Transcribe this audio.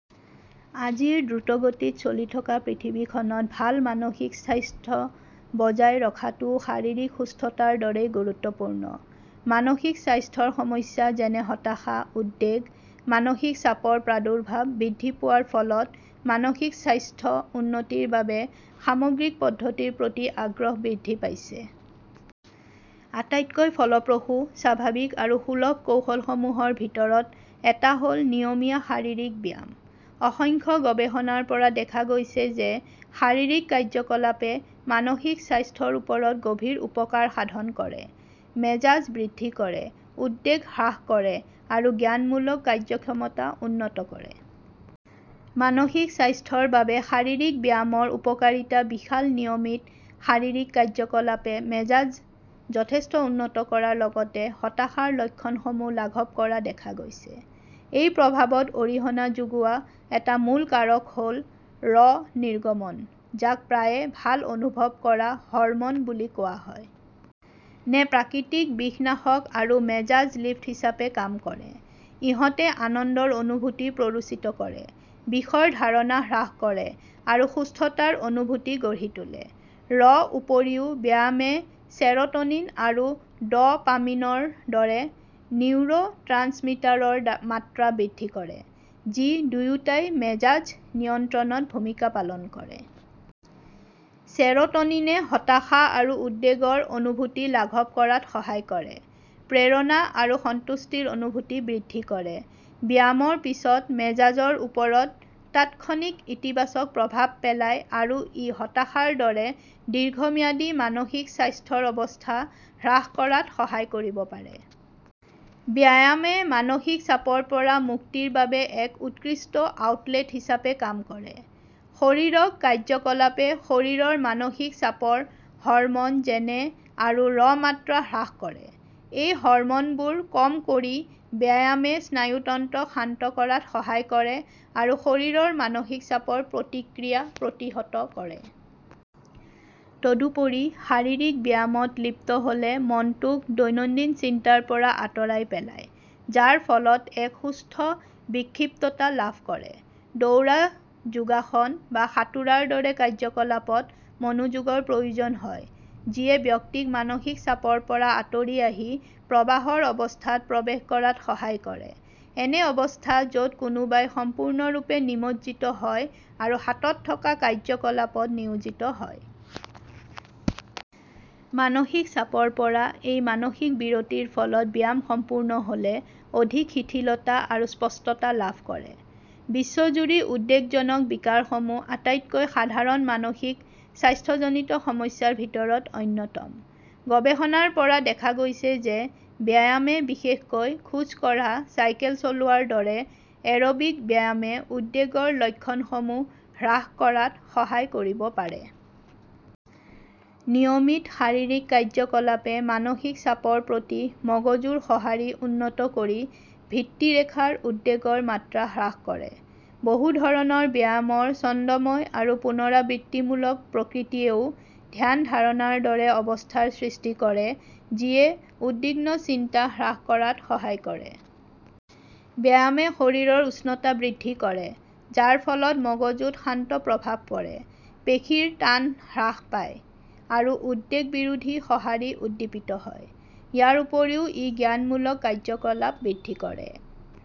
আজিৰ দ্ৰুতগতিত চলি থকা পৃথিৱীখনত ভাল মানসিক স্বাস্থ্য বজাই ৰখাটোও শাৰীৰিক সুস্থতাৰ দৰেই গুৰুত্বপূৰ্ণ। মানসিক স্বাস্থ্যৰ সমস্যা যেনে হতাশা, উদ্বেগ, মানসিক চাপৰ প্ৰাদুৰ্ভাৱ বৃদ্ধি পোৱাৰ ফলত মানসিক স্বাস্থ্য উন্নতিৰ বাবে সামগ্ৰিক পদ্ধতিৰ প্ৰতি আগ্ৰহ বৃদ্ধি পাইছে। আটাইতকৈ ফলপ্ৰসূ, স্বাভাৱিক আৰু সুলভ কৌশলসমূহৰ ভিতৰত এটা হ'ল নিয়মীয়া শাৰীৰিক ব্যায়াম। অসংখ্য গৱেষণাৰ পৰা দেখা গৈছে যে শাৰীৰিক কাৰ্যকলাপে মানসিক স্বাস্থ্যৰ ওপৰত গভীৰ উপকাৰ সাধন কৰে, মেজাজ বৃদ্ধি কৰে, উদ্বেগ হ্ৰাস কৰে আৰু জ্ঞানমূলক কাৰ্য্যক্ষমতা উন্নত কৰে। মানসিক স্বাস্থ্যৰ বাবে শাৰীৰিক ব্যায়ামৰ উপকাৰিতা বিশাল নিয়মিত শাৰীৰিক কাৰ্য্যকলাপে মেজাজ যথেষ্ট উন্নত কৰাৰ লগতে হতাশাৰ লক্ষণসমূহ লাঘৱ কৰা দেখা গৈছে। এই প্ৰভাৱত অৰিহণা যোগোৱা এটা মূল কাৰক হ'ল ৰ নিৰ্গমন, যাক প্ৰায়ে "ভাল অনুভৱ কৰা" হৰম'ন বুলি কোৱা হয়। নে প্ৰাকৃতিক বিষনাশক আৰু মেজাজ লিফ্ট হিচাপে কাম কৰে। ইহঁতে আনন্দৰ অনুভূতি প্ৰৰোচিত কৰে, বিষৰ ধাৰণা হ্ৰাস কৰে আৰু সুস্থতাৰ অনুভূতি গঢ়ি তোলে। ৰ উপৰিও ব্যায়ামে চেৰ'টনিন আৰু ড'পামিনৰ দৰে নিউৰ'ট্ৰান্সমিটাৰৰ মাত্ৰা বৃদ্ধি কৰে, যি দুয়োটাই মেজাজ নিয়ন্ত্ৰণত ভূমিকা পালন কৰে। চেৰ'টনিনে হতাশা আৰু উদ্বেগৰ অনুভূতি লাঘৱ কৰাত সহায় কৰে, প্ৰেৰণা আৰু সন্তুষ্টিৰ অনুভূতি বৃদ্ধি কৰে। ব্যায়ামৰ পিছত মেজাজৰ ওপৰত তাৎক্ষণিক ইতিবাচক প্ৰভাৱ পেলায় আৰু ই হতাশাৰ দৰে দীৰ্ঘম্যাদী মানসিক স্বাস্থ্যৰ অৱস্থা হ্ৰাস কৰাত সহায় কৰিব পাৰে। ব্যায়ামে মানসিক চাপৰ পৰা মুক্তিৰ বাবে এক উৎকৃষ্ট আউটলেট হিচাপে কাম কৰে। শাৰীৰিক কাৰ্য্যকলাপে শৰীৰৰ মানসিক চাপৰ হৰম'ন যেনে আৰু ৰ মাত্ৰা হ্ৰাস কৰে। এই হৰম'নবোৰ কম কৰি ব্যায়ামে স্নায়ুতন্ত্ৰক শান্ত কৰাত সহায় কৰে আৰু শৰীৰৰ মানসিক চাপৰ প্ৰতিক্ৰিয়া প্ৰতিহত কৰে। তদুপৰি শাৰীৰিক ব্যায়ামত লিপ্ত হ'লে মনটোক দৈনন্দিন চিন্তাৰ পৰা আঁতৰাই পেলায়, যাৰ ফলত এক সুস্থ বিক্ষিপ্ততা লাভ কৰে। দৌৰা, যোগাসন বা সাঁতোৰৰ দৰে কাৰ্য্যকলাপত মনোযোগৰ প্ৰয়োজন হয়, যিয়ে ব্যক্তিক মানসিক চাপৰ পৰা আঁতৰি আহি প্ৰবাহৰ অৱস্থাত প্ৰৱেশ কৰাত সহায় কৰে— এনে অৱস্থা য'ত কোনোবাই সম্পূৰ্ণৰূপে নিমজ্জিত হয় আৰু হাতত থকা কাৰ্য্যকলাপত নিয়োজিত হয়। মানসিক চাপৰ পৰা এই মানসিক বিৰতিৰ ফলত ব্যায়াম সম্পূৰ্ণ হ'লে অধিক শিথিলতা আৰু স্পষ্টতা লাভ কৰে। বিশ্বজুৰি উদ্বেগজনক বিকাৰসমূহ আটাইতকৈ সাধাৰণ মানসিক স্বাস্থ্যজনিত সমস্যাৰ ভিতৰত অন্যতম। গৱেষণাৰ পৰা দেখা গৈছে যে ব্যায়ামে বিশেষকৈ খোজ কঢ়া, চাইকেল চলোৱাৰ দৰে এৰোবিক ব্যায়ামে উদ্বেগৰ লক্ষণসমূহ হ্ৰাস কৰাত সহায় কৰিব পাৰে। নিয়মিত শাৰীৰিক কাৰ্য্যকলাপে মানসিক চাপৰ প্ৰতি মগজুৰ সঁহাৰি উন্নত কৰি ভিত্তি ৰেখাৰ উদ্বেগৰ মাত্ৰা হ্ৰাস কৰে। বহু ধৰণৰ ব্যায়ামৰ ছন্দময় আৰু পুনৰাবৃত্তিমূলক প্ৰকৃতিয়েও ধ্যান-ধাৰণাৰ দৰে অৱস্থাৰ সৃষ্টি কৰে, যিয়ে উদ্বিগ্ন চিন্তা হ্ৰাস কৰাত সহায় কৰে। ব্যায়ামে শৰীৰৰ উষ্ণতা বৃদ্ধি কৰে, যাৰ ফলত মগজুত শান্ত প্ৰভাৱ পৰে, পেশীৰ টান হ্ৰাস পায় আৰু উদ্বেগ বিৰোধী সঁহাৰি উদ্দীপিত হয়। ইয়াৰ উপৰিও ই জ্ঞানমূলক কাৰ্য্যকলাপ বৃদ্ধি কৰে,